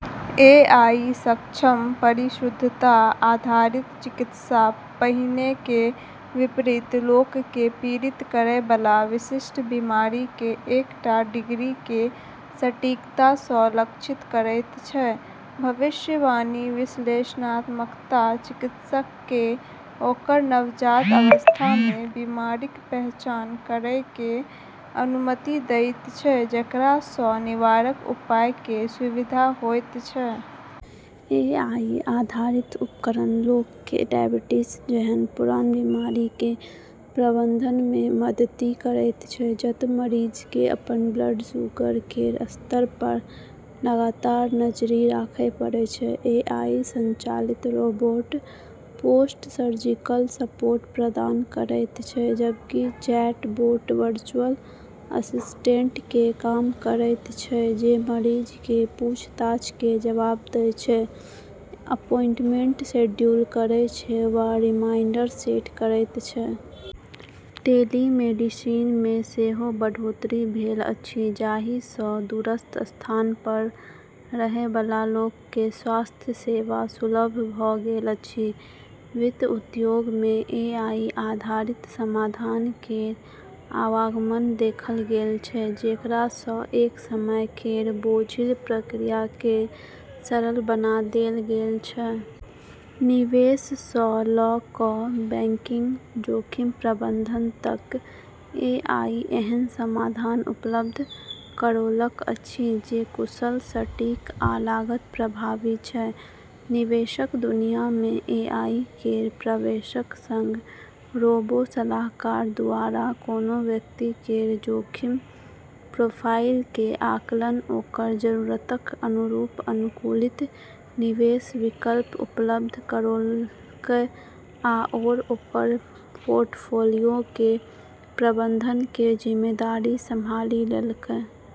एआई-सक्षम, परिशुद्धता आधारित चिकित्सा पहिनेके विपरीत, लोककेँ पीड़ित करयबला विशिष्ट बीमारिकेँ एकटा डिग्रीकेँ सटीकतासँ लक्षित करैत छै । भविष्यवाणी विश्लेषणात्मकता चिकित्सककेँ ओकर नवजात अवस्थामे बीमारिक पहचान करैके अनुमति देइत छै, जेकरासँ निवारक उपायके सुविधा होयत छै । एआई आधारित उपकरण लोकके डायबिटीज जेहन पुरान बिमारिके प्रबंधनमे मदति करैत छै, जतऽ मरीजकेँ अपन ब्लड शुगर केर स्तर पर लगातार नजरि राखै पड़ै छै। एआई संचालित रोबोट पोस्ट-सर्जिकल सपोर्ट प्रदान करैत छै, जबकि चैटबोट वर्चुअल असिस्टेंटके काम करैत छै, जे मरीजके पूछताछके जवाब दै छै, अपॉइंटमेंट शेड्यूल करै छै वा रिमाइंडर सेट करैत छै । टेलीमेडिसिनमे सेहो बढ़ोतरी भेल अछि, जाहिसँ दूरस्थ स्थान पर रहयबला लोकके स्वास्थ्य सेवा सुलभ भ' गेल अछि । वित्त उद्योगमे एआई आधारित समाधान केर आवागमन देखल गेल छै जेकरासँ एक समय केर बोझिल प्रक्रियाके सरल बना देल गेल छै। निवेशसँ ल' क' बैंकिंग, जोखिम प्रबंधन तक, एआई एहन समाधान उपलब्ध करौलक अछि जे कुशल, सटीक आ लागत प्रभावी छै । निवेशक दुनियामे एआई केर प्रवेशक सङ्ग रोबो-सलाहकार दुआरा कोनो व्यक्ति केर जोखिम प्रोफाइलके आकलन, ओकर जरूरतक अनुरूप अनुकूलित निवेश विकल्प उपलब्ध करोलकै, आओर ओकर पोर्टफोलियोकेँ प्रबंधनके जिम्मेदारी संभाली लेलकै।